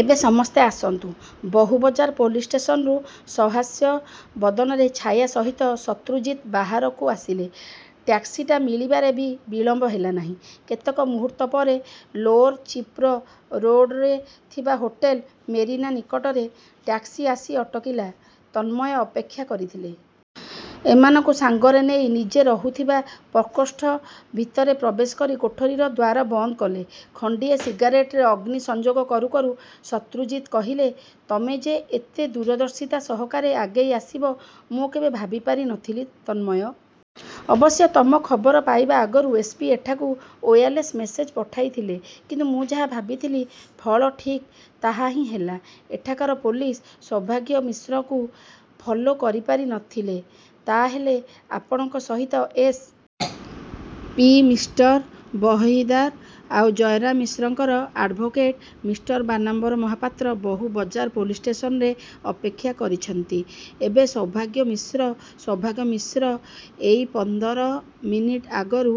ଏବେ ସମସ୍ତେ ଆସନ୍ତୁ। ବହୁବଜାର ପୋଲିସ୍ଷ୍ଟେସନରୁ ସହାସ୍ୟ ବଦନରେ ଛାୟା ସହିତ ଶତ୍ରୁଜିତ୍ ବାହାରକୁ ଆସିଲେ। ଟ୍ୟାକ୍ସିଟା ମିଳିବାରେ ବି ବିଳମ୍ବ ହେଲା ନାହିଁ। କେତେକ ମୁହୂର୍ତ୍ତ ପରେ ଲୋଅର ଚିତ୍ପୁର ରୋଡରେ ଥିବା ହୋଟେଲ 'ମେରୀନା' ନିକଟରେ, ଟ୍ୟାକ୍ସି ଆସି ଅଟକିଲା ତନ୍ମୟ ଅପେକ୍ଷା କରିଥିଲେ। ଏମାନଙ୍କୁ ସାଙ୍ଗରେ ନେଇ ନିଜେ ରହୁଥିବା ପ୍ରକୋଷ୍ଠ ଭିତରେ ପ୍ରବେଶ କରି କୋଠରିର ଦ୍ୱାର ବନ୍ଦ କଲେ। ଖଣ୍ଡିଏ ସିଗାରେଟରେ ଅଗ୍ନି ସଂଯୋଗ କରୁକରୁ ଶତ୍ରୁଜିତ୍ କହିଲେ "ତମେ ଯେ ଏତେ ଦୂରଦର୍ଶିତା ସହକାରେ ଆଗେଇ ଆସିବ ମୁଁ କେବେ ଭାବି ପାରି ନ ଥିଲି, ତନ୍ମୟ! ଅବଶ୍ୟ ତମ ଖବର ପାଇବା ଆଗରୁ ଏସ୍. ପି. ଏଠାକୁ ଓୟାରଲେସ୍ ମେସେଜ୍ ପଠାଇଥିଲେ କିନ୍ତୁ ମୁଁ ଯାହା ଭାବିଥିଲି ଫଳ ଠିକ୍ ତାହା ହିଁ ହେଲା। ଏଠାକାର ପୋଲିସ୍ ସୌଭାଗ୍ୟ ମିଶ୍ରକୁ ଫଲୋ କରିପାରି ନ ଥିଲେ। ତା' ହେଲେ ଆପଣଙ୍କ ସହିତ ଏସ୍. ପି. ମିଷ୍ଟର ବହହିଦାର ଆଉ ଜୟରାମ ମିଶ୍ରଙ୍କର ଆଡ୍ଭୋକେଟ୍ ମିଷ୍ଟର ବାନାମ୍ବର ମହାପାତ୍ର ବହୁ ବଜାର ପୋଲିସ୍ଷ୍ଟେସନରେ ଅପେକ୍ଷା କରିଛନ୍ତି। ଏବେ ସୌଭାଗ୍ୟ ମିଶ୍ର ସୌଭାଗ୍ୟ ମିଶ୍ର ଏଇ ପଂଦର ମିନିଟ୍ ଆଗରୁ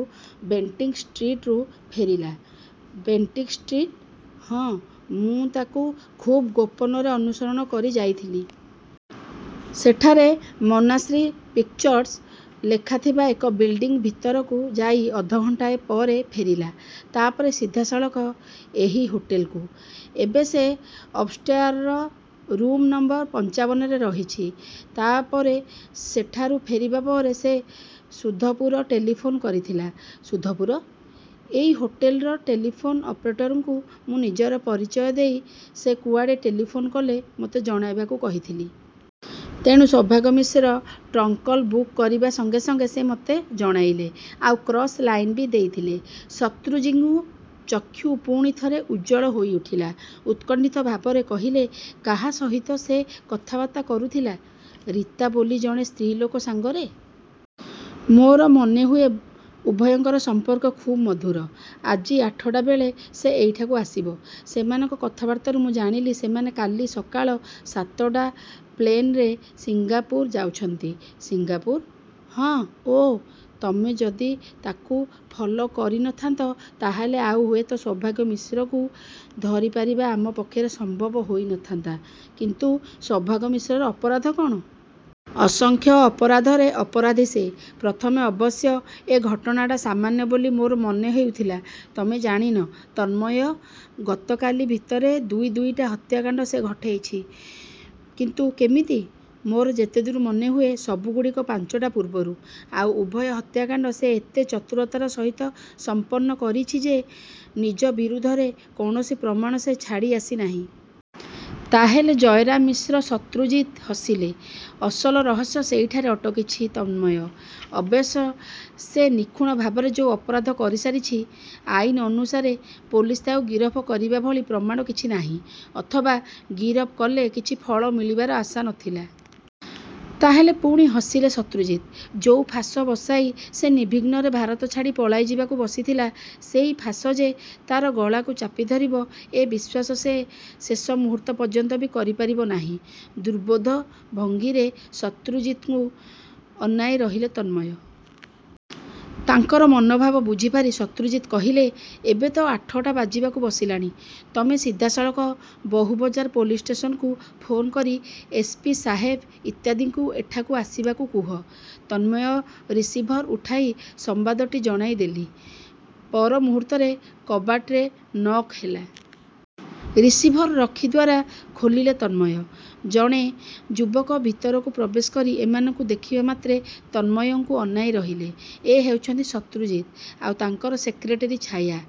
ବେଣ୍ଟିକ ଷ୍ଟ୍ରିଟରୁ ଫେରିଲା। Bentinck street? ହଁ, ମୁଁ ତାକୁ ଖୁବ୍ ଗୋପନରେ ଅନୁସରଣ କରି ଯାଇଥିଲି। ସେଠାରେ ''ମନାଶ୍ରୀ ପିକ୍ଚର୍ସ'' ଲେଖାଥିବା ଏକ ବିଲଡ଼ିଂ ଭିତରକୁ ଯାଇ ଅଧଘଣ୍ଟାଏ ପରେ ଫେରିଲା। ତା'ପରେ ସିଧାସଳଖ ଏହି ହୋଟେଲ୍କୁ। ଏବେ ସେ ଅପ୍ଷ୍ଟୟାରର ରୂମ୍ ନଂ ପଂଚାବନରେ ରହିଛି। ତା'ପରେ ସେଠାରୁ ଫେରିବା ପରେ ସେ ସୁଧପୁର ଟେଲିଫୋନ କରିଥିଲା। ସୁଧପୁର? ଏଇ ହୋଟେଲର ଟେଲିଫୋନ ଅପରେଟରଙ୍କୁ ମୁଁ ନିଜର ପରିଚୟ ଦେଇ, ସେ କୁଆଡ଼େ ଟେଲିଫୋନ କଲେ ମୋତେ ଜଣାଇବାକୁ କହିଥିଲି। ତେଣୁ ସୌଭାଗ୍ୟ ମିଶ୍ର ଟ୍ରଙ୍କକଲ୍ ବୁକ୍ କରିବା ସଙ୍ଗେ ସଙ୍ଗେ ସେ ମେତେ ଜଣାଇଲେ। ଆଉ କ୍ରସ୍ ଲାଇନ ବି ଦେଇଥିଲେ। ଶତ୍ରୁଜିତ୍ଙ୍କ ଚକ୍ଷୁ ପୁଣି ଥରେ ଉଜ୍ୱଳ ହୋଇଉଠିଲା। ଉତ୍କଣ୍ଠିତ ଭାବରେ କହିଲେ "କାହା ସହିତ ସେ କଥାବାର୍ତ୍ତା କରୁଥିଲା? ରୀତା ବୋଲି ଜଣେ ସ୍ତ୍ରୀଲୋକ ସାଙ୍ଗରେ। ମୋର ମନେହୁଏ ଉଭୟଙ୍କର ସମ୍ପର୍କ ଖୁବ୍ ମଧୁର। ଆଜି ଆଠଟାବେଳେ ସେ ଏଇଠାକୁ ଆସିବ। ସେମାନଙ୍କ କଥାବାର୍ତ୍ତାରୁ ମୁଁ ଜାଣିଲି ସେମାନେ କାଲି ସକାଳ ସାତଟା ପ୍ଲେନ୍ରେ ସିଙ୍ଗାପୁର ଯାଉଛନ୍ତି। ସିଙ୍ଗାପୁର? ହଁ। ଓଃ! ତମେ ଯଦି ତାକୁ ଫଲୋ କରି ନ ଥା'ନ୍ତ ତା'ହେଲେ ଆଉ ହୁଏତ ସୌଭାଗ୍ୟ ମିଶ୍ରକୁ ଧରିପାରିବା ଆମ ପକ୍ଷରେ ସମ୍ଭବ ହୋଇ ନ ଥାନ୍ତା କିନ୍ତୁ ସୌଭାଗ୍ୟ ମିଶ୍ରର ଅପରାଧ କ'ଣ? ଅସଂଖ୍ୟ ଅପରାଧରେ ଅପରାଧୀ ସେ। ପ୍ରଥମେ ଅବଶ୍ୟ ଏ ଘଟଣାଟା ସାମାନ୍ୟ ବୋଲି ମୋର ମନେ ହେଉଥିଲା। ତମେ ଜାଣିନ, ତନ୍ମୟ, ଗତକାଲି ଭିତରେ ଦୁଇ ଦୁଇଟା ହତ୍ୟାକାଣ୍ତ ସେ ଘଟେଇଛି। କିନ୍ତୁ କେମିତି? ମୋର ଯେତେଦୂର ମନେହୁଏ ସବୁଗୁଡ଼ିକ ପାଞ୍ଚଟା ପୂର୍ବରୁ। ଆଉ ଉଭୟ ହତ୍ୟାକାଣ୍ତ ସେ ଏତେ ଚତୁରତାର ସହିତ ସମ୍ପନ୍ନ କରିଛି ଯେ ନିଜ ବିରୁଦ୍ଧରେ କୌଣସି ପ୍ରମାଣ ସେ ଛାଡ଼ି ଆସି ନାହିଁ। ତା'ହେଲେ ଜୟରାମ ମିଶ୍ର ଶତ୍ରୁଜିତ୍ ହସିଲେ। ଅସଲ ରହସ୍ୟ ସେଇଠାରେ ଅଟକିଛି, ତନ୍ମୟ! ଅବଶ୍ୟ ସେ ନିଖୁଣ ଭାବରେ ଯୋଉ ଅପରାଧ କରିସାରିଛି, ଆଇନ ଅନୁସାରେ ପୋଲିସ ତାକୁ ଗିରଫ କରିବା ଭଳି ପ୍ରମାଣ କିଛି ନାହିଁ। ଅଥବା ଗିରଫ କଲେ କିଛି ଫଳ ମିଳିବାର ଆଶା ନ ଥିଲା। ତା'ହେଲେ ପୁଣି ହସିଲେ ଶତ୍ରୁଜିତ୍। ଯୋଉ ଫାଶ ବସାଇ ସେ ନିର୍ବିଘ୍ନରେ ଭାରତ ଛାଡ଼ି ପଳାଇଯିବାକୁ ବସିଥିଲା, ସେଇ ଫାଶ ଯେ ତା'ର ଗଳାକୁ ଚାପି ଧରିବ ଏ ବିଶ୍ୱାସ ସେ ଶେଷ ମୁହୂର୍ତ୍ତ ପର୍ଯ୍ୟନ୍ତ ବି କରିପାରିବ ନାହିଁ। ଦୁର୍ବୋଧ୍ୟ ଭଙ୍ଗୀରେ ଶତ୍ରଜିତ୍ଙ୍କୁ ଅନାଇ ରହିଲେ ତନ୍ମୟ। ତାଙ୍କର ମନୋଭାବ ବୁଝିପାରି ଶତ୍ରୁଜିତ୍ କହିଲେ " ଏବେ ତ ଆଠଟା ବାଜିବାକୁ ବସିଲାଣି। ତମେ ସିଧାସଳଖ ବହୁବଜାର ପୋଲିସ ଷ୍ଟେସନକୁ ଫୋନ୍ କରି ଏସ. ପି. ସାହେବ ଇତ୍ୟାଦିଙ୍କୁ ଏଠାକୁ ଆସିବାକୁ କୁହ। ତନ୍ମୟ ରିସିଭର ଉଠାଇ ସମ୍ୱାଦଟି ଜଣାଇଦେଲି। ପର ମୁହୂର୍ତ୍ତରେ କବାଟରେ ନକ୍ ହେଲା। ରିସିଭର ରଖି ଦ୍ୱାରା ଖୋଲିଲେ ତନ୍ମୟ। ଜଣେ ଯୁବକ ଭିତରକୁ ପ୍ରବେଶ କରି ଏମାନଙ୍କୁ ଦେଖିବା ମାତ୍ରେ ତନ୍ମୟଙ୍କୁ ଅନାଇ ରହିଲେ। ଏ ହେଉଛନ୍ତି ଶତ୍ରୁଜିତ୍ ଆଉ ତାଙ୍କର ସେକ୍ରେଟେରୀ ଛାୟା।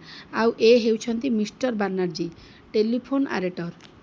ଆଉ ଏ ହେଉଛନ୍ତି ମିଷ୍ଟର ବାନାର୍ଜୀ, ଟେଲିଫୋନ୍ ଆରେଟର।